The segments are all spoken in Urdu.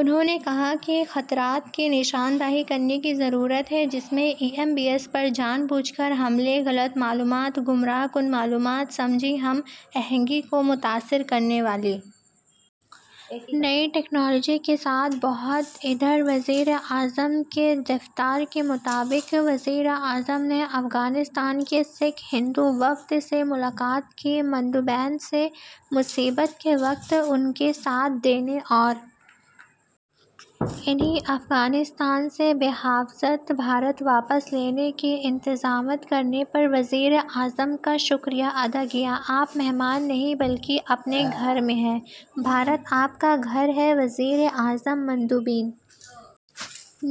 انہوں نے کہا کہ خطرات کی نشاندہی کرنے کی ضرورت ہے جس میں ای ایم بیز پر جان بوجھ کر حملے غلط معلومات گمراہ کن معلومات سماجی ہم آہنگی کو متاثر کرنے والی نئی ٹیکنالوجیز کے ساتھ بہت ادھر وزیر اعظم کے دفتر کے مطابق وزیر اعظم نے افغانستان کے سکھ ہندو وفد سے ملاقات کی مندوبین نے مصیبت کے وقت ان کا ساتھ دینے اور انہیں افغانستان سے بحفاظت بھارت واپس لانے کے انتظامات کرنے پر وزیر اعظم کا شکریہ ادا کیا آپ مہمان نہیں بلکہ اپنے گھر میں ہیں بھارت آپ کا گھر ہے وزیر اعظم مندوبین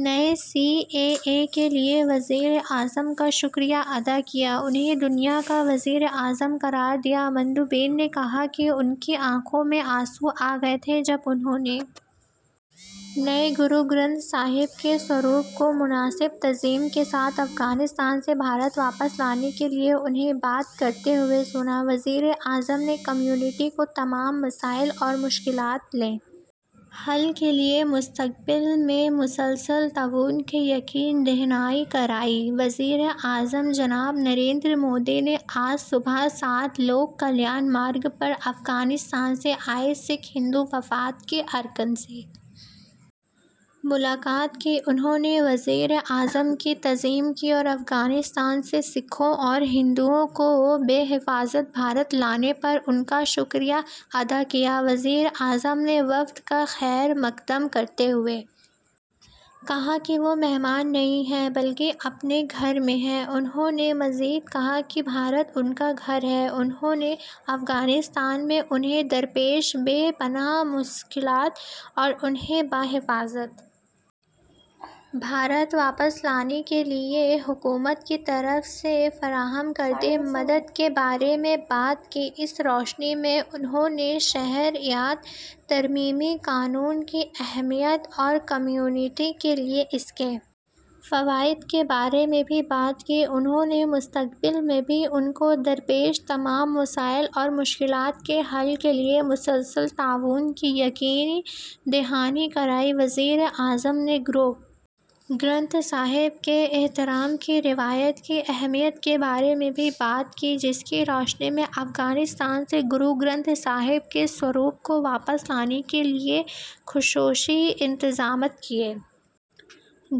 نے سی اے اے کے لیے وزیر اعظم کا شکریہ ادا کیا انہیں دنیا کا وزیر اعظم قرار دیا مندوبین نے کہا کہ ان کی آنکھوں میں آنسو آ گئے تھے جب انہوں نے گرو گرنتھ صاحب کے سوروپ کو مناسب تعظیم کے ساتھ افغانستان سے بھارت واپس لانے کے لیے انہیں بات کرتے ہوئے سنا وزیر اعظم نے کمیونٹی کو تمام مسائل اور مشکلات کے حل کے لیے مستقبل میں مسلسل تعاون کی یقین دہانی کرائی وزیر اعظم جناب نریندر مودی نے آج صبح سات لوک کلیان مارگ پر افغانستان سے آئے سکھ ہندو وفد کے ارکان سے ملاقات کی انہوں نے وزیر اعظم کی تعظیم کی اور افغانستان سے سکھوں اور ہندوؤں کو بحفاظت بھارت لانے پر ان کا شکریہ ادا کیا وزیر اعظم نے وفد کا خیرمقدم کرتے ہوئے کہا کہ وہ مہمان نہیں ہیں بلکہ اپنے گھر میں ہیں انہوں نے مزید کہا کہ بھارت ان کا گھر ہے انہوں نے افغانستان میں انہیں درپیش بے پناہ مشکلات اور انہیں بحفاظت بھارت واپس لانے کے لیے حکومت کی طرف سے فراہم کردہ مدد کے بارے میں بات کی اس روشنی میں انہوں نے شہریت ترمیمی قانون کی اہمیت اور کمیونٹی کے لیے اس کے فوائد کے بارے میں بھی بات کی انہوں نے مستقبل میں بھی ان کو درپیش تمام مسائل اور مشکلات کے حل کے لیے مسلسل تعاون کی یقین دہانی کرائی وزیر اعظم نے گرو گرنتھ صاحب کے احترام کی روایت کی اہمیت کے بارے میں بھی بات کی جس کی روشنی میں افغانستان سے گرو گرنتھ صاحب کے سوروپ کو واپس لانے کے لیے خصوصی انتظامات کیے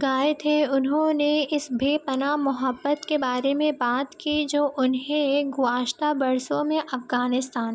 گئے تھے انہوں نے اس بے پناہ محبت کے بارے میں بات کی جو انہیں گزشتہ برسوں میں افغانستان